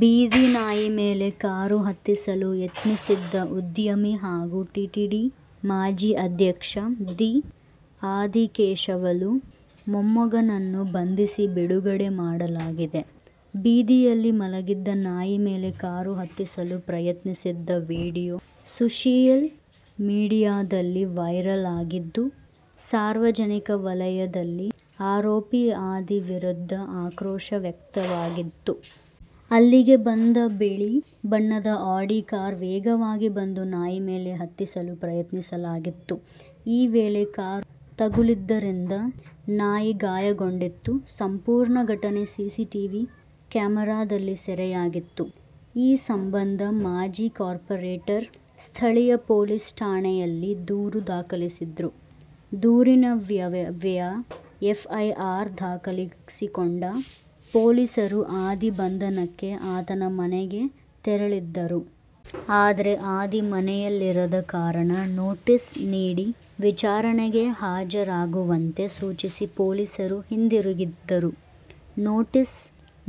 ಬೀದಿ ನಾಯಿ ಮೇಲೆ ಕಾರು ಹತ್ತಿಸಲು ಯತ್ನಿಸಿದ್ದ ಉದ್ಯಮಿ ಹಾಗೂ ಟಿಟಿಡಿ ಮಾಜಿ ಅಧ್ಯಕ್ಷ ದಿ. ಆದಿಕೇಶವಲು ಮೊಮ್ಮಗನನ್ನು ಬಂಧಿಸಿ ಬಿಡುಗಡೆ ಮಾಡಲಾಗಿದೆ. ಬೀದಿಯಲ್ಲಿ ಮಲಗಿದ್ದ ನಾಯಿ ಮೇಲೆ ಕಾರು ಹತ್ತಿಸಲು ಪ್ರಯತ್ನಿಸಿದ್ದ ವಿಡಿಯೋ ಸೋಶಿಯಲ್ ಮೀಡಿಯಾದಲ್ಲಿ ವೈರಲ್ ಆಗಿತ್ತು. ಸಾರ್ವಜನಿಕ ವಲಯದಲ್ಲಿ ಆರೋಪಿ ಆದಿ ವಿರುದ್ಧ ಆಕ್ರೋಶ ವ್ಯಕ್ತವಾಗಿತ್ತು. ಅಲ್ಲಿಗೆ ಬಂದ ಬಿಳಿ ಬಣ್ಣದ ಆಡಿ ಕಾರ್ ವೇಗವಾಗಿ ಬಂದು ನಾಯಿ ಮೇಲೆ ಹತ್ತಿಸಲು ಪ್ರಯತ್ನಿಸಲಾಗಿತ್ತು. ಈ ವೇಳೆ ಕಾರು ತಗುಲಿದ್ದರಿಂದ ನಾಯಿ ಗಾಯಗೊಂಡಿತ್ತು. ಸಂಪೂರ್ಣ ಘಟನೆ ಸಿಸಿಟಿವಿ ಕ್ಯಾಮೆರಾದಲ್ಲಿ ಸೆರೆಯಾಗಿತ್ತು. ಈ ಸಂಬಂಧ ಮಾಜಿ ಕಾರ್ಪೋರೇಟರ್ ಸ್ಥಳೀಯ ಪೊಲೀಸ್ ಠಾಣೆಯಲ್ಲಿ ದೂರು ದಾಖಲಿಸಿದ್ರು. ದೂರಿನನ್ವಯ ಎಫ್ಐಆರ್ ದಾಖಲಿಸಿಕೊಂಡ ಪೊಲೀಸರು ಆದಿ ಬಂಧನಕ್ಕೆ ಆತನ ಮನೆಗೆ ತೆರಳಿದ್ದರು. ಆದ್ರೆ ಆದಿ ಮನೆಯಲ್ಲಿರದ ಕಾರಣ ನೋಟಿಸ್ ನೀಡಿ ವಿಚಾರಣೆಗೆ ಹಾಜರಾಗುವಂತೆ ಸೂಚಿಸಿ ಪೊಲೀಸರು ಹಿಂದಿರುಗಿದ್ದರು. ನೋಟಿಸ್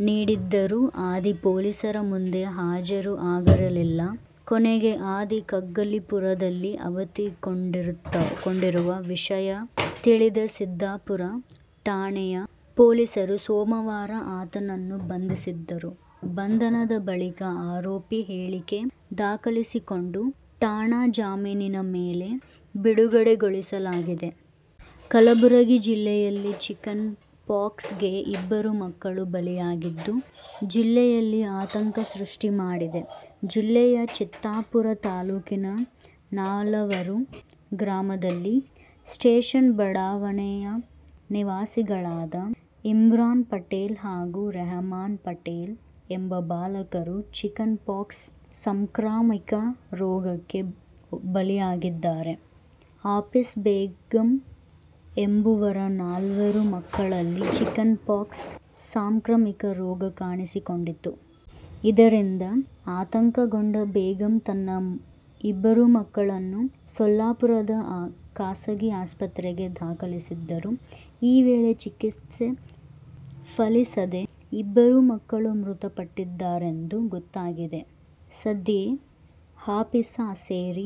ನೀಡಿದ್ದರೂ ಆದಿ ಪೊಲೀಸರ ಮುಂದೆ ಹಾಜರು ಆಗಿರಲಿಲ್ಲ. ಕೊನೆಗೆ ಆದಿ ಕಗ್ಗಲಿಪುರದಲ್ಲಿ ಅವಿತುಕೊಂಡಿರುವ ವಿಷಯ ತಿಳಿದ ಸಿದ್ದಾಪುರ ಠಾಣೆಯ ಪೊಲೀಸರು ಸೋಮವಾರ ಆತನನ್ನು ಬಂಧಿಸಿದ್ದರು. ಬಂಧನದ ಬಳಿಕ ಆರೋಪಿ ಹೇಳಿಕೆ ದಾಖಲಿಸಿಕೊಂಡು ಠಾಣಾ ಜಾಮೀನಿನ ಮೇಲೆ ಬಿಡುಗಡೆಗೊಳಿಸಲಾಗಿದೆ. ಕಲಬುರಗಿ ಜಿಲ್ಲೆಯಲ್ಲಿ ಚಿಕನ್ ಪಾಕ್ಸ್ ಗೆ ಇಬ್ಬರು ಮಕ್ಕಳು ಬಲಿಯಾಗಿದ್ದು, ಜಿಲ್ಲೆಯಲ್ಲಿ ಆತಂಕ ಸೃಷ್ಟಿ ಮಾಡಿದೆ. ಜಿಲ್ಲೆಯ ಚಿತ್ತಾಪುರ ತಾಲೂಕಿನ ನಾಲವಾರ್ ಗ್ರಾಮದಲ್ಲಿ ಸ್ಟೇಷನ್ ಬಡಾವಣೆಯ ನಿವಾಸಿಗಳಾದ ಇಮ್ರಾನ್ ಪಟೇಲ್ ಹಾಗೂ ರೆಹಮಾನ್ ಪಟೇಲ್ ಎಂಬ ಬಾಲಕರು ಚಿಕನ್ ಪಾಕ್ಸ್ ಸಾಂಕ್ರಾಮಿಕ ರೋಗಕ್ಕೆ ಬಲಿಯಾಗಿದ್ದಾರೆ. ಹಾಪೀಸಾ ಬೇಗಂ ಎಂಬುವರ ನಾಲ್ವರು ಮಕ್ಕಳಲ್ಲಿ ಚಿಕನ್ ಪಾಕ್ಸ್ ಸಾಂಕ್ರಾಮಿಕ ರೋಗ ಕಾಣಿಸಿಕೊಂಡಿತ್ತು. ಇದರಿಂದ ಆತಂಕಗೊಂಡ ಬೇಗಂ ತನ್ನ ಇಬ್ಬರು ಮಕ್ಕಳನ್ನು ಸೊಲ್ಲಾಪುರದ ಖಾಸಗಿ ಆಸ್ಪತ್ರೆಗೆ ದಾಖಲಿಸಿದ್ದರು. ಈ ವೇಳೆ ಚಿಕಿತ್ಸೆ ಫಲಿಸದೆ ಇಬ್ಬರು ಮಕ್ಕಳು ಮೃತಪಟ್ಟಿದ್ದಾರೆಂದು ಗೊತ್ತಾಗಿದೆ. ಸದ್ಯ ಹಾಪೀಸಾ ಸೇರಿ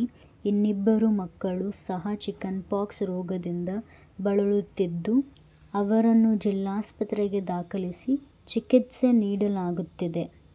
ಇನ್ನಿಬ್ಬರು ಮಕ್ಕಳು ಸಹ ಚಿಕನ್ ಪಾಕ್ಸ್ ರೋಗದಿಂದ ಬಳಲುತ್ತಿದ್ದು, ಅವರನ್ನು ಜಿಲ್ಲಾಸ್ಪತ್ರೆಗೆ ದಾಖಲಿಸಿ ಚಿಕಿತ್ಸೆ ನೀಡಲಾಗುತ್ತಿದೆ.